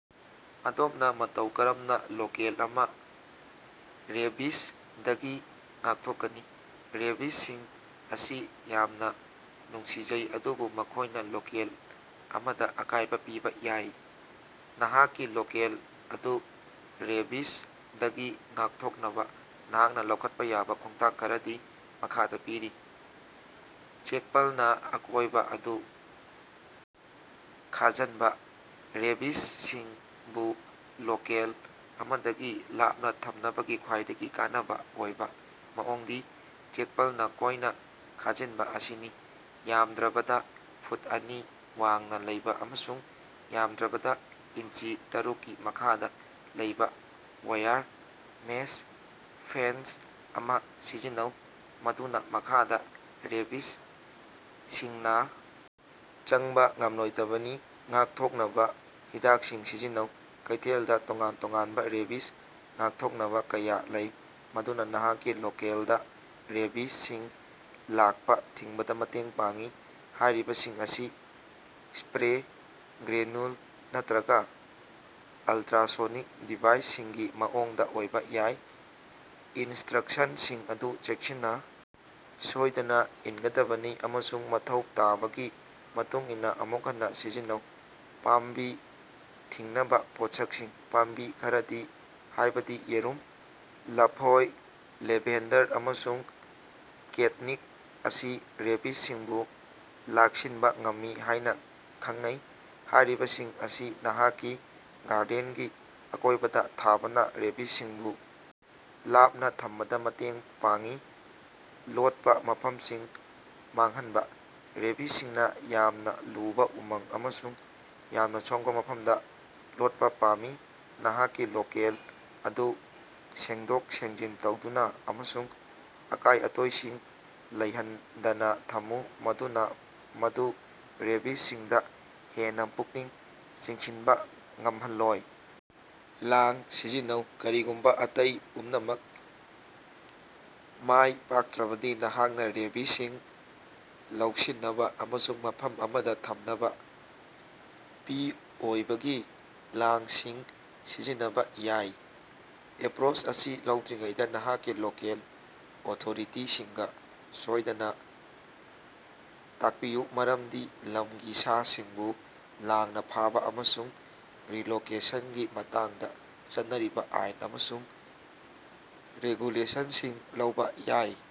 ꯑꯗꯣꯝꯅꯥ ꯃꯇꯧ ꯀꯔꯝꯅꯥ ꯂꯩꯀꯣꯜ ꯑꯃꯥ ꯔꯦꯕꯤꯖꯗꯒꯤ ꯉꯥꯛꯊꯣꯛꯀꯅꯤ? ꯔꯦꯕꯤꯖꯁꯤꯡ ꯑꯁꯤ ꯌꯥꯝꯅꯥ ꯅꯨꯡꯁꯤꯖꯩ ꯑꯗꯨꯕꯨ ꯃꯈꯣꯢꯅ ꯂꯩꯀꯣꯜ ꯑꯃꯗ ꯑꯀꯥꯢꯕꯥ ꯄꯤꯕꯥ ꯌꯥꯏ꯫ ꯅꯍꯥꯛꯀꯤ ꯂꯣꯀꯦꯜ ꯑꯗꯨ ꯔꯦꯕꯤꯖꯗꯒꯤ ꯉꯥꯛꯊꯣꯛꯅꯕꯥ ꯅꯍꯥꯛꯅꯥ ꯂꯧꯈꯠꯄꯥ ꯌꯥꯕꯥ ꯈꯣꯡꯊꯥꯡ ꯈꯔꯗꯤ ꯃꯈꯥꯗꯥ ꯄꯤꯔꯤ: ꯆꯦꯛꯄꯜꯅ ꯑꯀꯣꯏꯕ ꯑꯗꯨ ꯈꯥꯖꯥꯟꯕ: ꯔꯦꯕꯤꯖꯁꯤꯡꯕꯨ ꯂꯣꯀꯦꯜ ꯑꯃꯗꯒꯤ ꯂꯥꯞꯅꯥ ꯊꯝꯅꯕꯒꯤ ꯈ꯭ꯋꯥꯏꯗꯒꯤ ꯀꯥꯟꯅꯕ ꯑꯣꯏꯕ ꯃꯑꯣꯡꯗꯤ ꯆꯦꯛꯄꯜꯅ ꯀꯣꯏꯅ ꯈꯥꯖꯤꯟꯕ ꯑꯁꯤꯅꯤ꯫ ꯌꯥꯝꯗ꯭ꯔꯕꯗꯥ ꯐꯨꯠ ꯑꯅꯤ ꯋꯥꯡꯅꯥ ꯂꯩꯕꯥ ꯑꯃꯁꯨꯡ ꯌꯥꯃꯗ꯭ꯔꯕꯗꯥ ꯏꯟꯆꯤ ꯇꯔꯨꯛꯀꯤ ꯃꯈꯥꯗ ꯂꯩꯕ ꯋꯥꯏꯔ ꯃꯦꯁ ꯐꯦꯟꯁ ꯑꯃꯥ ꯁꯤꯖꯤꯟꯅꯧ ꯃꯗꯨꯅꯥ ꯃꯈꯥꯗ ꯔꯦꯕꯤꯖꯁꯤꯡꯅꯥ ꯆꯪꯕ ꯉꯝꯂꯣꯏꯗꯕꯅꯤ꯫ ꯉꯥꯛꯊꯣꯛꯅꯕ ꯍꯤꯗꯥꯛꯁꯤꯡ ꯁꯤꯖꯤꯟꯅꯧ: ꯀꯩꯊꯦꯜꯗꯥ ꯇꯣꯉꯥꯟ-ꯇꯣꯉꯥꯟꯕ ꯔꯦꯕꯤꯖ ꯉꯥꯛꯊꯣꯛꯅꯕ ꯀꯌꯥ ꯂꯩ ꯃꯗꯨꯅꯥ ꯅꯍꯥꯛꯀꯤ ꯂꯣꯀꯦꯜ ꯗ ꯔꯦꯕꯤꯖꯁꯤꯡ ꯂꯥꯛꯄ ꯊꯤꯡꯕꯗ ꯃꯇꯦꯡ ꯄꯥꯡꯏ꯫ ꯍꯥꯢꯔꯤꯕꯁꯤꯡ ꯑꯁꯤ ꯁꯄ꯭ꯔꯦ, ꯒ꯭ꯔꯦꯅꯨꯜ ꯅꯠꯇ꯭ꯔꯒ ꯑꯂꯇ꯭ꯔꯥꯁꯣꯅꯤꯛ ꯗꯤꯚꯥꯏꯁꯁꯤꯡꯒꯤ ꯃꯑꯣꯡꯗ ꯑꯣꯏꯕꯥ ꯌꯥꯏ꯫ ꯏꯟꯁꯇ꯭ꯔꯛꯁꯟꯁꯤꯡ ꯑꯗꯨ ꯆꯦꯛꯁꯤꯟꯅ ꯁꯣꯢꯗꯅ ꯏꯅꯒꯗꯕꯅꯤ ꯑꯃꯁꯨꯡ ꯃꯊꯧ ꯇꯥꯕꯒꯤ ꯃꯇꯨꯡꯏꯟꯅꯥ ꯑꯃꯨꯛ ꯍꯟꯅꯥ ꯁꯤꯖꯤꯟꯅꯧ꯫ ꯄꯥꯝꯕꯤ ꯊꯤꯡꯅꯕ ꯄꯣꯠꯁꯛꯁꯤꯡ: ꯄꯥꯝꯕꯤ ꯈꯔꯗꯤ ꯍꯥꯢꯕꯗꯤ ꯌꯦꯔꯨꯝ, ꯂꯐꯣꯏ, ꯂꯦꯚꯦꯟꯗꯔ ꯑꯃꯁꯨꯡ ꯀꯦꯠꯅꯤꯞ ꯑꯁꯤ ꯔꯦꯕꯤꯖꯁꯤꯡꯕꯨ ꯂꯥꯛꯁꯤꯟꯕ ꯉꯝꯃꯤ ꯍꯥꯢꯅ ꯈꯪꯅꯩ꯫ ꯍꯥꯢꯔꯤꯕꯁꯤꯡ ꯑꯁꯤ ꯅꯍꯥꯛꯀꯤ ꯒꯥꯔꯗꯦꯟꯒꯤ ꯑꯀꯣꯢꯕꯗ ꯊꯥꯕꯅ ꯔꯦꯕꯤꯖꯁꯤꯡꯕꯨ ꯂꯥꯞꯅ ꯊꯝꯕꯗꯥ ꯃꯇꯦꯡ ꯄꯥꯡꯏ꯫ ꯂꯣꯠꯄꯥ ꯃꯐꯝꯁꯤꯡ ꯃꯥꯡꯍꯟꯕ: ꯔꯦꯕꯤꯖꯁꯤꯡꯅ ꯌꯥꯝꯅ ꯂꯨꯕꯥ ꯎꯃꯪ ꯑꯃꯁꯨꯡ ꯌꯥꯝꯅ ꯁꯣꯡꯕ ꯃꯐꯝꯗ ꯂꯣꯠꯄꯥ ꯄꯥꯝꯃꯤ꯫ ꯅꯍꯥꯛꯀꯤ ꯂꯣꯀꯦꯜ ꯑꯗꯨ ꯁꯦꯡꯗꯣꯛ-ꯁꯦꯡꯖꯤꯟ ꯇꯧꯗꯨꯅ ꯑꯃꯁꯨꯡ ꯑꯀꯥꯢ-ꯑꯇꯣꯢꯁꯤꯡ ꯂꯩꯍꯟꯗꯅ ꯊꯝꯃꯨ ꯃꯗꯨꯅ ꯃꯗꯨ ꯔꯦꯕꯤꯖꯁꯤꯡꯗ ꯍꯦꯟꯅ ꯄꯨꯛꯅꯤꯡ ꯆꯤꯡꯁꯤꯟꯕ ꯉꯝꯍꯜꯂꯣꯏ꯫ ꯂꯥꯡ ꯁꯤꯖꯤꯟꯅꯧ: ꯀꯔꯤꯒꯨꯝꯕꯥ ꯑꯇꯩ ꯄꯨꯝꯅꯃꯛ ꯃꯥꯢꯄꯥꯛꯇ꯭ꯔꯕꯗꯤ ꯅꯍꯥꯛꯅ ꯔꯦꯕꯤꯖꯁꯤꯡ ꯂꯧꯁꯤꯟꯅꯕ ꯑꯃꯁꯨꯡ ꯃꯐꯝ ꯑꯃꯗ ꯊꯝꯅꯕ ꯄꯤꯑꯣꯏꯕꯒꯤ ꯂꯥꯡꯁꯤꯡ ꯁꯤꯖꯤꯟꯅꯕꯥ ꯌꯥꯏ꯫ ꯑꯦꯄ꯭ꯔꯣꯆ ꯑꯁꯤ ꯂꯧꯗ꯭ꯔꯤꯉꯩꯗꯥ ꯅꯍꯥꯛꯀꯤ ꯂꯣꯀꯦꯜ ꯑꯣꯊꯣꯔꯤꯇꯤꯁꯤꯡꯒ ꯁꯣꯢꯗꯅꯥ ꯇꯥꯛꯄꯤꯌꯨ ꯃꯔꯝꯗꯤ ꯂꯝꯒꯤ ꯁꯥꯁꯤꯡꯕꯨ ꯂꯥꯡꯅ ꯐꯥꯕ ꯑꯃꯁꯨꯡ ꯔꯤꯂꯣꯀꯦꯁꯟꯒꯤ ꯃꯇꯥꯡꯗ ꯆꯠꯅꯔꯤꯕꯥ ꯑꯥꯏꯟ ꯑꯃꯁꯨꯡ ꯔꯦꯒꯨꯂꯦꯁꯟꯁꯤꯡ ꯂꯧꯕꯥ ꯌꯥꯏ꯫